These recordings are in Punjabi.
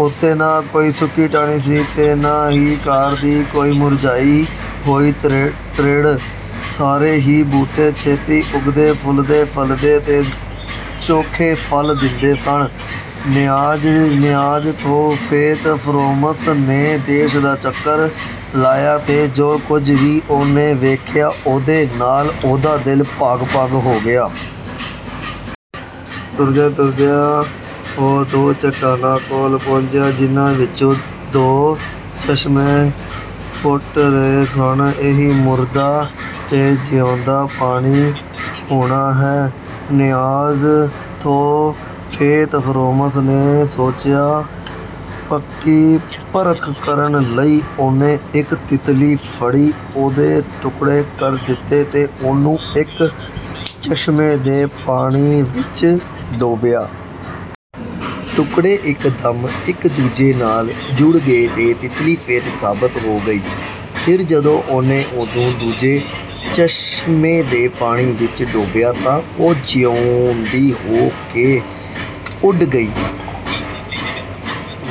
ਉੱਥੇ ਨਾ ਕੋਈ ਸੁੱਕੀ ਟਾਹਣੀ ਸੀ ਤੇ ਨਾ ਹੀ ਘਾਹ ਦੀ ਕੋਈ ਮੁਰਝਾਈ ਹੋਈ ਤਿੜ। ਸਾਰੇ ਹੀ ਬੂਟੇ ਛੇਤੀ ਉੱਗਦੇ, ਫੁੱਲਦੇ-ਫ਼ਲਦੇ ਤੇ ਚੋਖੇ ਫ਼ਲ ਦਿੰਦੇ ਸਨ। ਨਿਆਜ਼-ਬੋ ਫ਼ੇਤ-ਫ਼ਰੂਮੋਸ ਨੇ ਦੇਸ਼ ਦਾ ਚੱਕਰ ਲਾਇਆ ਤੇ ਜੋ ਕੁਝ ਵੀ ਉਹਨੇ ਵੇਖਿਆ, ਉਹਦੇ ਨਾਲ ਉਹਦਾ ਦਿਲ ਬਾਗ਼-ਬਾਗ਼ ਹੋ ਗਿਆ। ਤੁਰਦਿਆਂ-ਤੁਰਦਿਆਂ ਉਹ ਦੋ ਚਟਾਨਾਂ ਕੋਲ ਪਹੁੰਚਿਆ, ਜਿਨ੍ਹਾਂ ਵਿੱਚੋਂ ਦੋ ਚਸ਼ਮੇ ਫੁੱਟ ਰਹੇ ਸਨ। "ਇਹੀ ਮੁਰਦਾ ਤੇ ਜਿਊਂਦਾ ਪਾਣੀ ਹੋਣਾ ਹੈ," ਨਿਆਜ਼-ਬੋ ਫ਼ੇਤ-ਫ਼ਰੂਮੋਸ ਨੇ ਸੋਚਿਆ। ਪੱਕੀ ਪਰਖ ਕਰਨ ਲਈ ਉਹਨੇ ਇੱਕ ਤਿਤਲੀ ਫੜੀ, ਉਹਦੇ ਟੁਕੜੇ ਕਰ ਦਿੱਤੇ ਤੇ ਉਹਨੂੰ ਇੱਕ ਚਸ਼ਮੇ ਦੇ ਪਾਣੀ ਵਿੱਚ ਡੋਬਿਆ। ਟੁਕੜੇ ਇੱਕਦਮ ਇੱਕ-ਦੂਜੇ ਨਾਲ ਜੁੜ ਗਏ ਤੇ ਤਿਤਲੀ ਫਿਰ ਸਾਬਤ ਹੋ ਗਈ। ਫਿਰ ਜਦੋਂ ਉਹਨੇ ਉਹਨੂੰ ਦੂਜੇ ਚਸ਼ਮੇ ਦੇ ਪਾਣੀ ਵਿੱਚ ਡੋਬਿਆ, ਤਾਂ ਉਹ ਜਿਊਂਦੀ ਹੋ ਕੇ ਉੱਡ ਪਈ।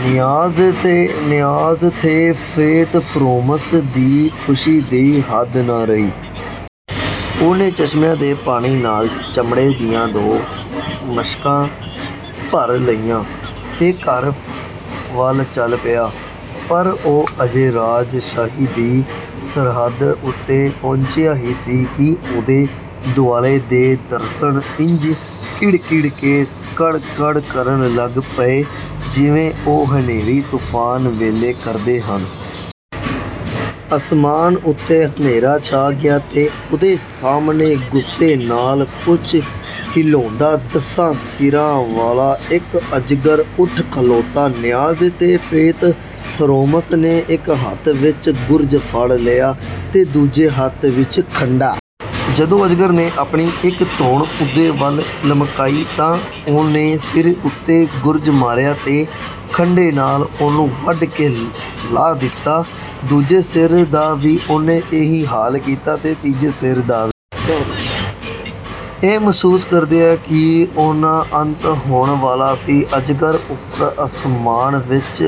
ਨਿਆਜ਼-ਬੋ ਫ਼ੇਤ-ਫ਼ਰੂਮੋਸ ਦੀ ਖ਼ੁਸ਼ੀ ਦੀ ਹੱਦ ਨਾ ਰਹੀ। ਉਹਨੇ ਚਸ਼ਮਿਆਂ ਦੇ ਪਾਣੀ ਨਾਲ ਚਮੜੇ ਦੀਆਂ ਦੋ ਮਸ਼ਕਾਂ ਭਰ ਲਈਆਂ ਤੇ ਘਰ ਵੱਲ ਚੱਲ ਪਿਆ। ਪਰ ਉਹ ਅਜੇ ਰਾਜ-ਸ਼ਾਹੀ ਦੀ ਸਰਹੱਦ ਉੱਤੇ ਪਹੁੰਚਿਆ ਹੀ ਸੀ ਕਿ ਉਹਦੇ ਦੁਆਲੇ ਦੇ ਦਰਖ਼ਤ ਇੰਜ ਕਿੜ-ਕਿੜ ਤੇ ਕੜ-ਕੜ ਕਰਨ ਲੱਗ ਪਏ ਜਿਵੇਂ ਉਹ ਹਨੇਰੀ-ਤੂਫ਼ਾਨ ਵੇਲੇ ਕਰਦੇ ਹਨ। ਅਸਮਾਨ ਉੱਤੇ ਹਨੇਰਾ ਛਾ ਗਿਆ ਤੇ ਉਹਦੇ ਸਾਹਮਣੇ, ਗੁੱਸੇ ਨਾਲ ਪੂਛ ਹਿਲਾਉਂਦਾ, ਦੱਸਾਂ ਸਿਰਾਂ ਵਾਲਾ ਇੱਕ ਅਜਗਰ ਉੱਠ ਖਲੋਤਾ। ਨਿਆਜ਼-ਬੋ ਫ਼ੇਤ-ਫ਼ਰੂਮੋਸ ਨੇ ਇੱਕ ਹੱਥ ਵਿੱਚ ਗੁਰਜ਼ ਫੜ ਲਿਆ ਤੇ ਦੂਜੇ ਹੱਥ ਵਿੱਚ ਖੰਡਾ। ਜਦੋਂ ਅਜਗਰ ਨੇ ਆਪਣੀ ਇੱਕ ਧੌਣ ਉਹਦੇ ਵੱਲ ਲਮਕਾਈ, ਤਾਂ ਉਹਨੇ ਸਿਰ ਉੱਤੇ ਗੁਰਜ਼ ਮਾਰਿਆ ਤੇ ਖੰਡੇ ਨਾਲ ਉਹਨੂੰ ਵੱਢ ਕੇ ਲਾਹ ਦਿੱਤਾ। ਦੂਜੇ ਸਿਰ ਦਾ ਵੀ ਉਹਨੇ ਇਹੀ ਹਾਲ ਕੀਤਾ ਤੇ ਤੀਜੇ ਸਿਰ ਦਾ ਵੀ। ਇਹ ਮਹਿਸੂਸ ਕਰਦਿਆਂ ਕਿ ਉਹਦਾ ਅੰਤ ਹੋਣ ਵਾਲਾ ਸੀ, ਅਜਗਰ ਉੱਪਰ ਅਸਮਾਨ ਵਿੱਚ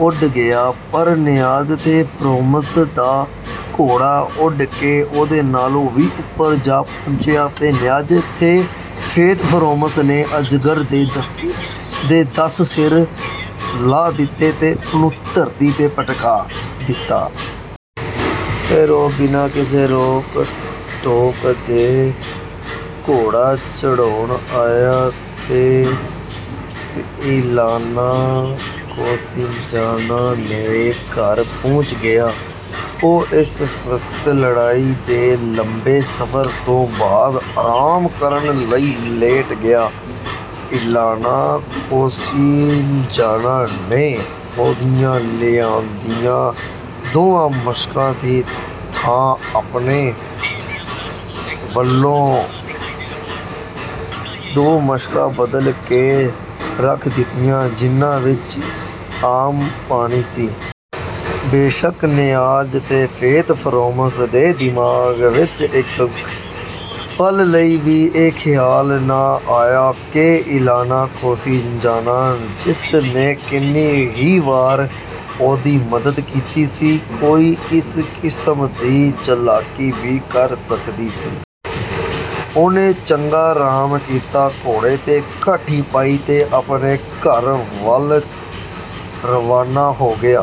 ਉੱਡ ਗਿਆ। ਪਰ ਨਿਆਜ਼-ਬੋ ਫ਼ੇਤ-ਫ਼ਰੂਮੋਸ ਦਾ ਘੋੜਾ ਉੱਡ ਕੇ ਉਹਦੇ ਨਾਲੋਂ ਵੀ ਉੱਪਰ ਜਾ ਪਹੁੰਚਿਆ ਤੇ ਨਿਆਜ਼-ਬੋ ਫ਼ੇਤ-ਫ਼ਰੂਮੋਸ ਨੇ ਅਜਗਰ ਦੇ ਦੱਸੇ ਦੇ ਦੱਸ ਸਿਰ ਲਾਹ ਦਿੱਤੇ ਤੇ ਉਹਨੂੰ ਧਰਤੀ 'ਤੇ ਪਟਕਾ ਮਾਰਿਆ। ਫ਼ਿਰ ਉਹ ਬਿਨਾਂ ਕਿਸੇ ਰੋਕ-ਟੋਕ ਦੇ ਘੋੜਾ ਦੁੜਾਉਂਦਾ ਆਇਆ ਤੇ ਇਲਾਨਾ ਕੋਸਿਨਜ਼ਾਨਾ ਦੇ ਘਰ ਪਹੁੰਚ ਗਿਆ। ਉਹ ਇਸ ਸਖ਼ਤ ਲੜਾਈ ਤੇ ਲੰਮੇ ਸਫ਼ਰ ਤੋਂ ਬਾਅਦ ਆਰਾਮ ਕਰਨ ਲਈ ਲੇਟ ਗਿਆ। ਇਲਾਨਾ ਕੋਸਿਨਜ਼ਾਨਾ ਨੇ ਉਹਦੀਆਂ ਲਿਆਂਦੀਆਂ ਦੋਵਾਂ ਮਸ਼ਕਾਂ ਦੀ ਥਾਂ ਆਪਣੇ ਵੱਲੋਂ ਦੋ ਮਸ਼ਕਾਂ ਬਦਲ ਕੇ ਰੱਖ ਦਿੱਤੀਆਂ, ਜਿਨ੍ਹਾਂ ਵਿੱਚ ਆਮ ਪਾਣੀ ਸੀ। ਬੇਸ਼ੱਕ ਨਿਆਜ਼-ਬੋ ਫ਼ੇਤ-ਫ਼ਰੂਮੋਸ ਦੇ ਦਿਮਾਗ਼ ਵਿੱਚ ਇੱਕ ਪਲ ਲਈ ਵੀ ਇਹ ਖ਼ਿਆਲ ਨਾ ਆਇਆ ਕਿ ਇਲਾਨਾ ਕੋਸਿਨਜ਼ਾਨਾ, ਜਿਸ ਨੇ ਕਿੰਨੀ ਹੀ ਵਾਰ ਉਹਦੀ ਮਦਦ ਕੀਤੀ ਸੀ, ਕੋਈ ਇਸ ਕਿਸਮ ਦੀ ਚਲਾਕੀ ਵੀ ਕਰ ਸਕਦੀ ਸੀ। ਉਹਨੇ ਚੰਗਾ ਆਰਾਮ ਕੀਤਾ, ਘੋੜੇ 'ਤੇ ਕਾਠੀ ਪਾਈ ਤੇ ਆਪਣੇ ਘਰ ਵੱਲ ਰਵਾਨਾ ਹੋ ਗਿਆ।